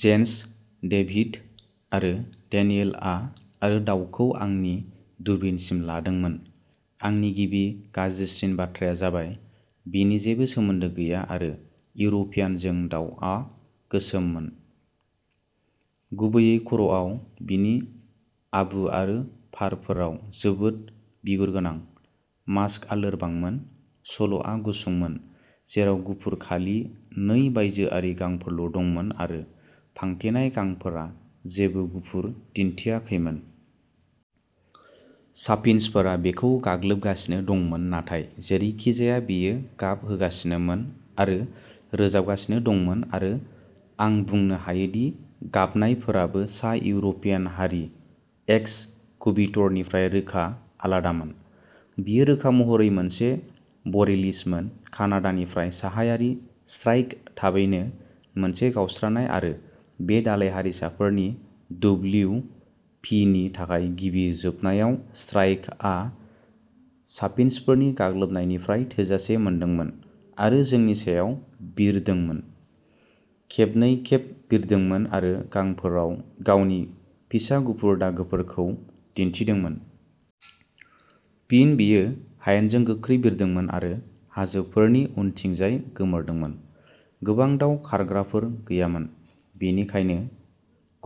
Gents, David आरो डेनियेलआ आरो दाउखौ आंनि दूरबीनसिम लांदोंमोन, आंनि गिबि गाज्रिसिन बाथ्राया जाबायः बेनि जेबो सोमोन्दो गैया सासे इउर'पियानजों दावआ गोसोममोन, गुबैयै खर'आव, बिनि आबु आरो फारफोराव जोबोद बिगुर गोनां, मास्कआ लोरबांमोन, सल'आ गुसुंमोन जेराव गुफुर खालि नै बायजोआरि गांफोरल' दंमोन आरो फांथेनाय गांफोरा जेबो गुफुर दिन्थियाखैमोन। चाफिन्चफोरा बेखौ गाग्लोबगासिनो दंमोन नाथाय जेरैखिजाया बेयो गाब होगासिनोमोन आरो रोजाबगासिनो दंमोन आरो आं बुंनो हायोदि गाबनायफोराबो सा-इउर'पियान हारि एक्सकुबिटर निफ्राय रोखा आलादामोन। बेयो रोखा महरै मोनसे बरेलिस मोन कानाडानिफ्राय साहायारि श्राइक-थाबैनो मोनसे गावस्रानाय आरो बे दालाय हारिसाफोरनि डब्लिउपिनि थाखाय गिबि जोबनायाव श्राइकआ चाफिन्चफोरनि गाग्लोबनायनिफ्राय थोजासे मोनदोंमोन आरो जोंनि सायाव बिरदोंमोन, खेबनै-खेब बिरदोंमोन आरो गांफोराव गावनि फिसा गुफुर दागोफोरखौ दिन्थिदोंमोन। फिन बेयो हायेनजों गोख्रै बिरदोंमोन आरो हाजोफोरनि उनथिंजाय गोमोरदोंमोन। गोबां दाउ खारग्राफोर गैयामोन, बेनिखायनो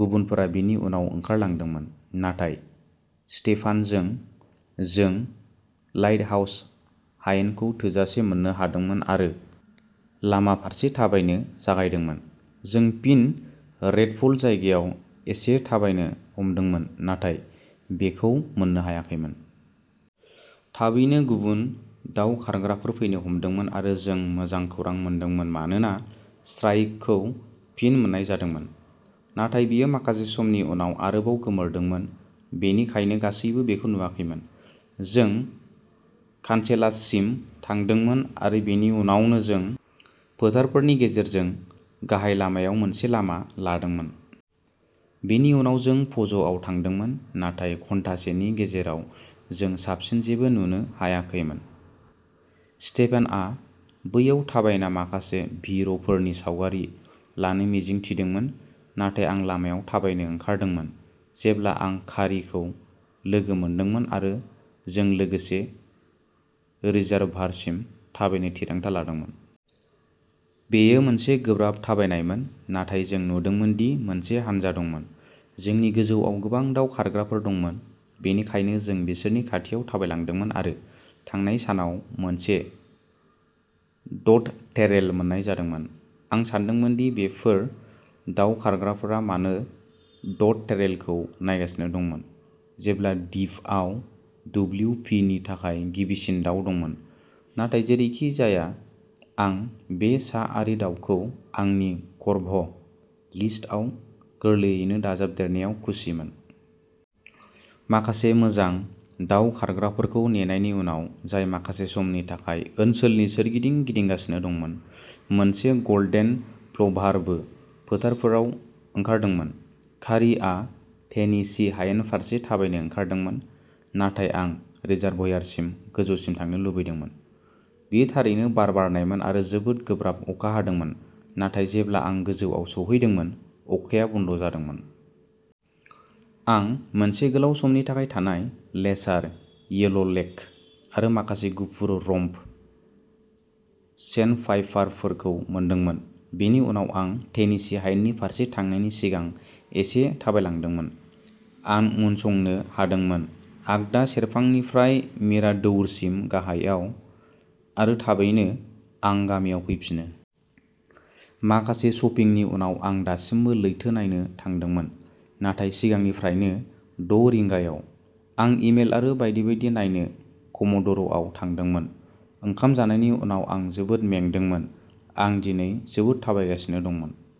गुबुनफोरा बेनि उनाव ओंखारलांदोंमोन, नाथाय स्टेफानजों जों लाइटहाउस हायेनखौ थोजासे मोननो हादोंमोन आरो लामा फारसे थाबायनो जागायदोंमोन। जों फिन रेडपल जायगायाव एसे थाबायनो हमदोंमोन, नाथाय बेखौ मोननो हायाखैमोन। थाबैनो गुबुन दाउ खारग्राफोर फैनो हमदोंमोन आरो जों मोजां खौरां मोनदोंमोन मानोना श्राइकखौ फिन मोन्नाय जादोंमोन। नाथाय बेयो माखासे समनि उनाव आरोबाव गोमोरदोंमोन, बेनिखायनो गासैबो बेखौ नुवाखैमोन। जों कानसेलाससिम थांदोंमोन आरो बेनि उनावनो जों फोथारफोरनि गेजेरजों गाहाय लामायाव मोनसे लामा लादोंमोन। बेनि उनाव जों फ'ज'आव थांदोंमोन, नाथाय घन्टासेनि गेजेराव जों साबसिन जेबो नुनो हायाखैमोन। स्टेफानआ बैयाव थाबायना माखासे भिर'फोरनि सावगारि लानो मिजिं थिदोंमोन, नाथाय आं लामायाव थाबायनो ओंखारदोंमोन, जेब्ला आं कारीखौ लोगो मोनदोंमोन आरो जों लोगोसे रिजार्भारसिम थाबायनो थिरांथा लादोंमोन। बेयो मोनसे गोब्राब थाबायनायमोन, नाथाय जों नुदोंमोन दि मोनसे हानजा दंमोन। जोंनि गोजौआव गोबां दाव खारग्राफोर दंमोन, बेनिखायनो जों बिसोरनि खाथियाव थाबायलांदोंमोन आरो थांनाय सानाव मोनसे ड'टटेरेल मोन्नाय जादोंमोन। आं सानदोंमोन दि बेफोर दाव खारग्राफोरा मानो ड'टटेरेलखौ नायगासिनो दंमोन, जेब्ला द्वीपआव डब्लिउ पि नि थाखाय गिबिसिन दाव दंमोन, नाथाय जेरैखिजाया आं बे साआरि दाउखौ आंनि क'र्भ'- लिस्टआव गोरलैयैनो दाजाबदेरनायाव खुसिमोन। माखासे मोजां दाव खारग्राफोरखौ नेनायनि उनाव, जाय माखासे समनि थाखाय ओनसोलनि सोरगिदिं गिदिंगासिनो दंमोन, मोनसे गल्डेन प्लभारबो फोथारफोराव ओंखारदोंमोन। कारीआ टेनेसी हायेन फारसे थाबायनो ओंखारदोंमोन, नाथाय आं रिजार्वयारसिम गोजौसिम थांनो लुबैदोंमोन। बेयो थारैनो बार बारनायमोन आरो जोबोद गोब्राब अखा हादोंमोन, नाथाय जेब्ला आं गोजौआव सौहैदोंमोन, अखाया बन्द'जादोंमोन। आं मोनसे गोलाव समनि थाखाय थानाय लेसार येल'लेग आरो माखासे गुफुर-रम्प सेन्डपाइपारफोरखौ मोनदोंमोन। बेनि उनाव आं टेनेसी हायेननि फारसे थांनायनि सिगां एसे थाबायलांदोंमोन। आं उनसंनो हादोंमोन। आगदा सेरफांनिफ्राय मिराडौर'सिम गाहायाव आरो थाबैनो आं गामियाव फैफिनो। माखासे शपिंनि उनाव आं दासिमबो लैथो नायनो थांदोंमोन, नाथाय सिगांनिफ्रायनो द' रिंगायाव। आं इमेल आरो बायदि बायदि नायनो कम'ड'र'आव थांदोंमोन। ओंखाम जानायनि उनाव आं जोबोद मेंदोंमोन, आं दिनै जोबोद थाबायगासिनो दंमोन।